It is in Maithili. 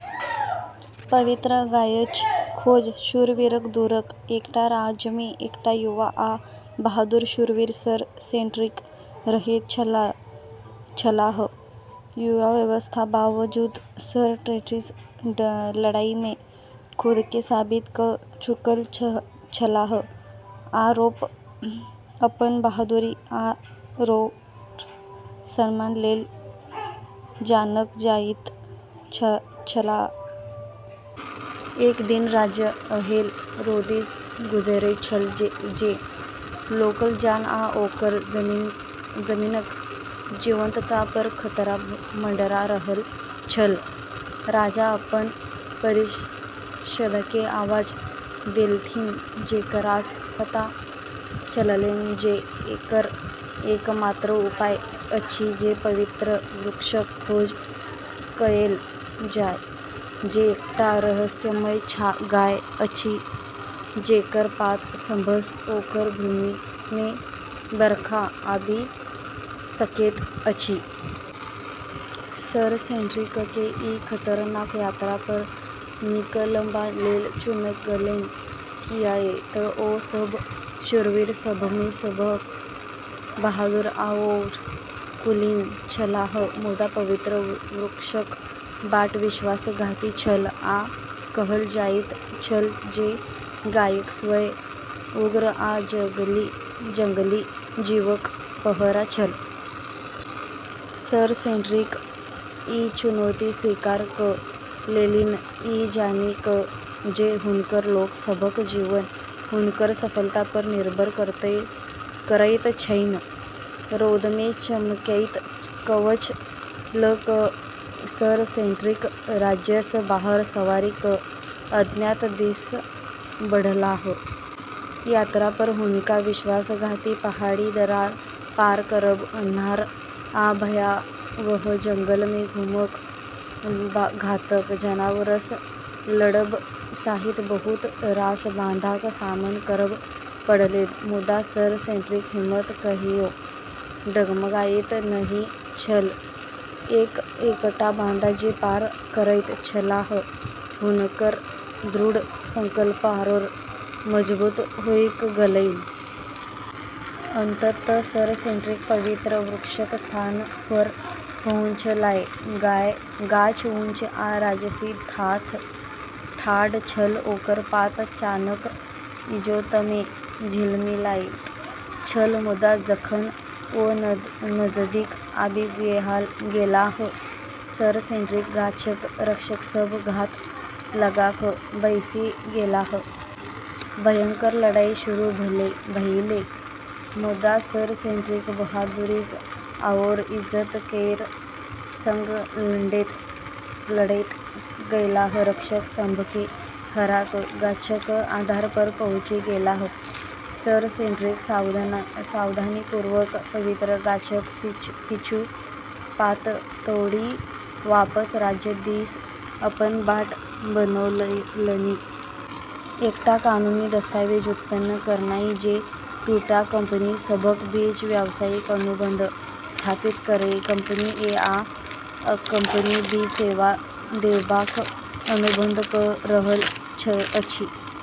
शीर्षक: पवित्र गाछक खोज शूरवीरक दूरक एकटा राज्यमे एकटा युवा आ बहादुर शूरवीर सर सेड्रिक रहैत छलाह। युवावस्थाक बावजूद सर सेड्रिक लड़ाईमे खुदकेँ साबित कऽ चुकल छलाह आओर अपन बहादुरी आओर सम्मान लेल जानल जाइत छलाह। एक दिन राज्य एहेन रौदीसँ गुजरैत छल जे लोकक जान आ ओकर जमीनक जीवंतता पर खतरा मंडरा रहल छल। राजा अपन परिषदकेँ आवाज देलथिन, जेकरासँ पता चललैन जे एकर एकमात्र उपाय अछि जे पवित्र वृक्षक खोज कएल जाय, जे एकटा रहस्यमय गाछ अछि, जेकर पात सभसँ ओकर भूमिमे बरखा आबि सकैत अछि। सर सेड्रिककेँ ई खतरनाक यात्रा पर निकलबा लेल चुनल गेलैन, कियाक तँ ओ सभ शूरवीर सभमे सबसँ बहादुर आओर कुलीन छलाह। मुदा पवित्र वृक्षक बाट विश्वासघाती छल, आ कहल जाइत छल जे गाछक स्वयं उग्र आ जंगली जीवक पहरा छल। सर सेड्रिक ई चुनौती स्वीकार कऽ लेलनि, ई जानि कऽ जे हुनकर लोक सभक जीवन हुनकर सफलता पर निर्भर करैत छैन। रौदमे चमकैत कवच लऽ कऽ सर सेड्रिक राज्यसँ बाहर सवारी कऽ अज्ञात दिस बढ़लाह। यात्रा पर हुनका विश्वासघाती पहाड़ी दर्रा पार करब, अन्हार आ भयावह जंगलमे घुमब, घातक जनावरसँ लड़ब सहित बहुत रास बाधाक सामना करब पड़लैन। मुदा सर सेड्रिकक हिम्मत कहियो डगमगाइत नहि छल। एक-एकटा बाधा जे पार करैत छलाह, हुनकर दृढ़ संकल्प आओर मजबूत होइत गेलैन। अंततः सर सेड्रिक पवित्र वृक्षक स्थान पर पहुँचलाह। गाछ ऊँच आ राजसी ठाढ़ छल, ओकर पात चानक इजोतमे झिलमिलाइत छल। मुदा जखन ओ नजदीक आबि गेलाह, सर सेड्रिक गाछक रक्षक सभ घात लगा कऽ बैसि गेलाह। भयंकर लड़ाई शुरू भेलै, मुदा सर सेड्रिक बहादुरीसँ आओर इज्जत केर संग लड़ैत गेलाह, रक्षक सभकेँ हरा कऽ गाछक आधार पर पहुँची गेलाह। सर सेड्रिक सावधानीपूर्वक पवित्र गाछक किछु पात तोड़ि वापस राज्य दिस अपन बाट बनौलनि। एकटा कानूनी दस्तावेज उत्पन्न करनाइ जे दूटा कंपनी सभक बीच व्यावसायिक अनुबंध स्थापित करय। कंपनी ए आ कंपनी बी सेवा देबाक अनुबंध कऽ रहल अछि।